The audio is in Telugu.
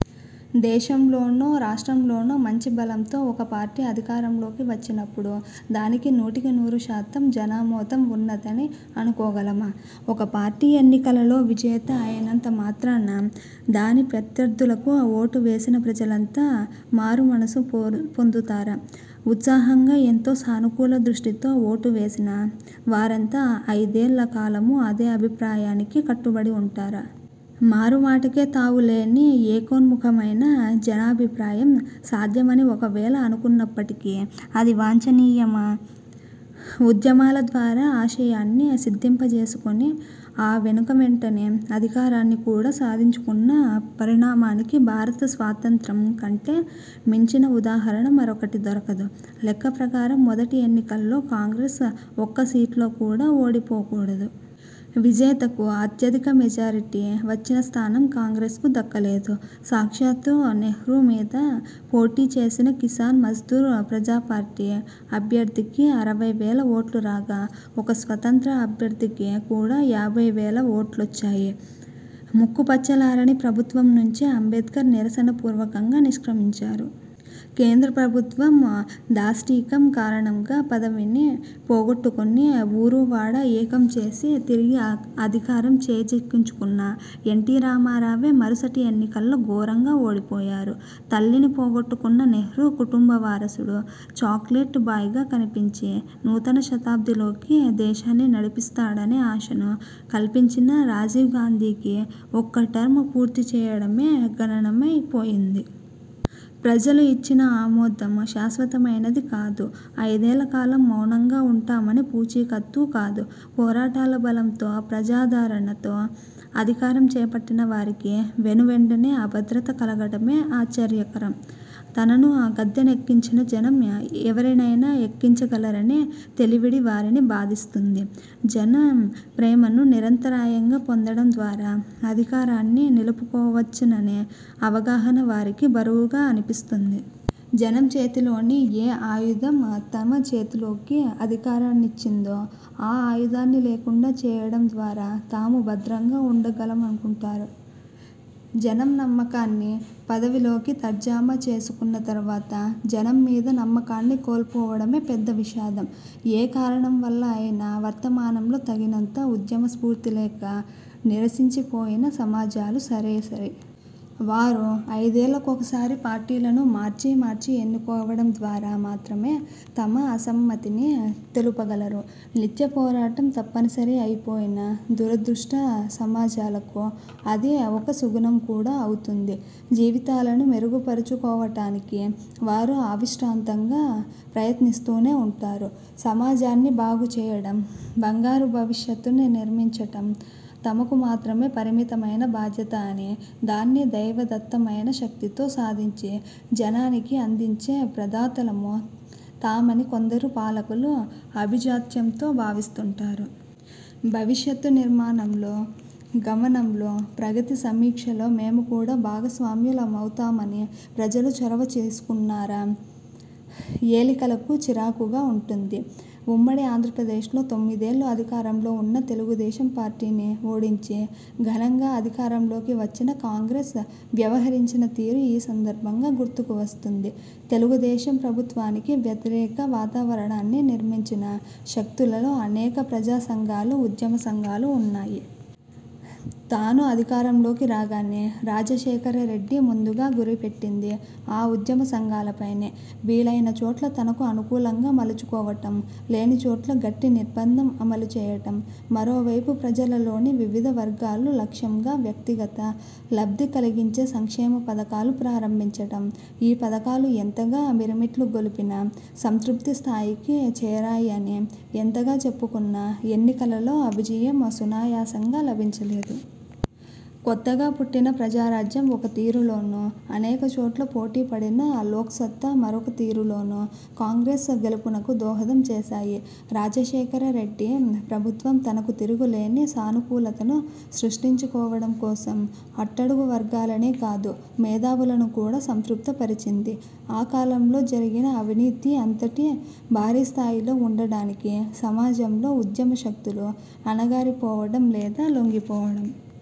దేశంలోనో, రాష్ట్రంలోనో మంచి బలంతో ఒక పార్టీ అధికారంలోకి వచ్చినప్పుడు, దానికి నూటికి నూరు శాతం జనామోదం ఉన్నదని అనుకోగలమా? ఒక పార్టీ ఎన్నికలలో విజేత అయినంత మాత్రాన, దాని ప్రత్యర్థులకు ఓటు వేసిన ప్రజలంతా మారు మనసు పోరు పొందుతారా? ఉత్సాహంగా ఎంతో సానుకూల దృష్టితో ఓటు వేసిన వారంతా అయిదేళ్ల కాలమూ అదే అభిప్రాయానికి కట్టుబడి ఉంటారా? మారు మాటకే తావు లేని ఏకోన్ముఖమైన జనాభిప్రాయం సాధ్యమని ఒకవేళ అనుకున్నప్పటికీ, అది వాంఛనీయమా? ఉద్యమాల ద్వారా ఆశయాన్ని సిద్ధింపజేసుకుని, ఆ వెనుక వెంటనే అధికారాన్ని కూడా సాధించుకున్న పరిణామానికి భారత స్వాతంత్య్రం కంటే మించిన ఉదాహరణ మరొకటి దొరకదు. లెక్కప్రకారం మొదటి ఎన్నికల్లో కాంగ్రెస్ ఒక్క సీట్లో కూడా ఓడిపోకూడదు. విజేతకు అత్యధిక మెజారిటీ వచ్చిన స్థానం కాంగ్రెస్కు దక్కలేదు. సాక్షాత్తూ నెహ్రూ మీద పోటీచేసిన కిసాన్ మజ్దూర్ ప్రజాపార్టీ అభ్యర్థికి అరవై వేల ఓట్లు రాగా, ఒక స్వతంత్ర అభ్యర్థికి కూడా యాభై వేల ఓట్లొచ్చాయి. ముక్కుపచ్చలారని ప్రభుత్వం నుంచే అంబేడ్కర్ నిరసన పూర్వకంగా నిష్క్రమించారు. కేంద్రప్రభుత్వం దాష్టీకం కారణంగా పదవిని పోగొట్టుకుని, ఊరూవాడా ఏకం చేసి తిరిగి అధికారం చేజిక్కించుకున్న ఎన్టీరామారావే మరుసటి ఎన్నికల్లో ఘోరంగా ఓడిపోయారు. తల్లిని పోగొట్టుకున్న నెహ్రూ కుటుంబ వారసుడు, చాక్లెట్ బాయ్గా కనిపించి నూతన శతాబ్దిలోకి దేశాన్ని నడిపిస్తాడనే ఆశను కల్పించిన రాజీవ్గాంధీకి ఒక్క టర్మ్ పూర్తిచేయడమే గగనమై పోయింది. ప్రజలు ఇచ్చిన ఆమోదం శాశ్వతమైనది కాదు, అయిదేళ్ల కాలం మౌనంగా ఉంటామనే పూచీకత్తూ కాదు. పోరాటాల బలంతో, ప్రజాదరణతో అధికారం చేపట్టిన వారికి, వెనువెంటనే అభద్రత కలగడమే ఆశ్చర్యకరం. తనను ఆ గద్దెనెక్కించిన జనం ఎవరినైనా ఎక్కించగలరనే తెలివిడి వారిని బాధిస్తుంది. జనం ప్రేమను నిరంతరాయంగా పొందడం ద్వారా అధికారాన్ని నిలుపుకోవచ్చుననే అవగాహన వారికి బరువుగా అనిపిస్తుంది. జనం చేతిలోని ఏ ఆయుధం తమ చేతిలోకి అధికారం ఇచ్చిందో, ఆ ఆయుధాన్ని లేకుండా చేయడం ద్వారా తాము భద్రంగా ఉండగలమనుకుంటారు. జనం నమ్మకాన్ని పదవిలోకి తర్జామ చేసుకున్న తరువాత జనం మీద నమ్మకాన్ని కోల్పోవడమే పెద్ద విషాదం. ఏ కారణం వల్ల అయినా వర్తమానంలో తగినంత ఉద్యమస్ఫూర్తి లేక నీరసించిపోయిన సమాజాలు సరేసరి. వారు ఐదేళ్లకొకసారి పార్టీలను మార్చి మార్చి ఎన్నుకోవడం ద్వారా మాత్రమే తమ అసమ్మతిని తెలుపగలరు. నిత్యపోరాటం తప్పనిసరి అయిపోయిన దురదృష్ట సమాజాలకు, అది ఒక సుగుణం కూడా అవుతుంది. జీవితాలను మెరుగుపరచుకోవడానికి వారు అవిశ్రాంతంగా ప్రయత్నిస్తూనే ఉంటారు. సమాజాన్ని బాగుచేయడం, బంగారు భవిష్యత్తును నిర్మించడం తమకు మాత్రమే పరిమితమైన బాధ్యత అని, దాన్ని దైవదత్తమైన శక్తితో సాధించి జనానికి అందించే ప్రదాతలము తామని కొందరు పాలకులు ఆభిజాత్యంతో భావిస్తుంటారు. భవిష్యత్తు నిర్మాణంలో, గమనంలో, ప్రగతి సమీక్షలో మేము కూడా భాగస్వాములమవుతామని ప్రజలు చొరవ చేసుకున్నారా, ఏలికలకు చిరాకుగా ఉంటుంది. ఉమ్మడి ఆంధ్రప్రదేశ్లో తొమ్మిదేళ్లు అధికారంలో ఉన్న తెలుగుదేశం పార్టీని ఓడించి, ఘనంగా అధికారంలోకి వచ్చిన కాంగ్రెస్ వ్యవహరించిన తీరు ఈ సందర్భంగా గుర్తుకు వస్తుంది. తెలుగుదేశం ప్రభుత్వానికి వ్యతిరేక వాతావరణాన్ని నిర్మించిన శక్తులలో అనేక ప్రజాసంఘాలు, ఉద్యమ సంఘాలు ఉన్నాయి. తాను అధికారంలోకి రాగానే, రాజశేఖరరెడ్డి ముందుగా గురిపెట్టింది, ఆ ఉద్యమసంఘాలపైనే. వీలయినచోట్ల తనకు అనుకూలంగా మలచుకోవడం, లేనిచోట్ల గట్టి నిర్బంధం అమలుచేయడం. మరోవైపు, ప్రజలలోని వివిధ వర్గాలు లక్ష్యంగా వ్యక్తిగత లబ్ధి కలిగించే సంక్షేమ పథకాలు ప్రారంభించడం. ఈ పథకాలు ఎంతగా మిరుమిట్లు గొలిపినా, సంతృప్తస్థాయికి చేరాయని ఎంతగా చెప్పుకున్నా, ఎన్నికలలో విజయం సునాయాసంగా లభించలేదు. కొత్తగా పుట్టిన ప్రజారాజ్యం ఒక తీరులోను, అనేక చోట్ల పోటీపడిన లోక్సత్తా మరొక తీరులోను, కాంగ్రెస్ గెలుపునకు దోహదం చేశాయి. రాజశేఖరరెడ్డి ప్రభుత్వం తనకు తిరుగులేని సానుకూలతను సృష్టించుకోవడం కోసం, అట్టడుగు వర్గాలనే కాదు, మేధావులను కూడా సంతృప్తిపరిచింది. ఆ కాలంలో జరిగిన అవినీతి అంతటి భారీ స్థాయిలో ఉండడానికి, సమాజంలో ఉద్యమశక్తులు అణగారిపోవడం, లేదా లొంగిపోవడం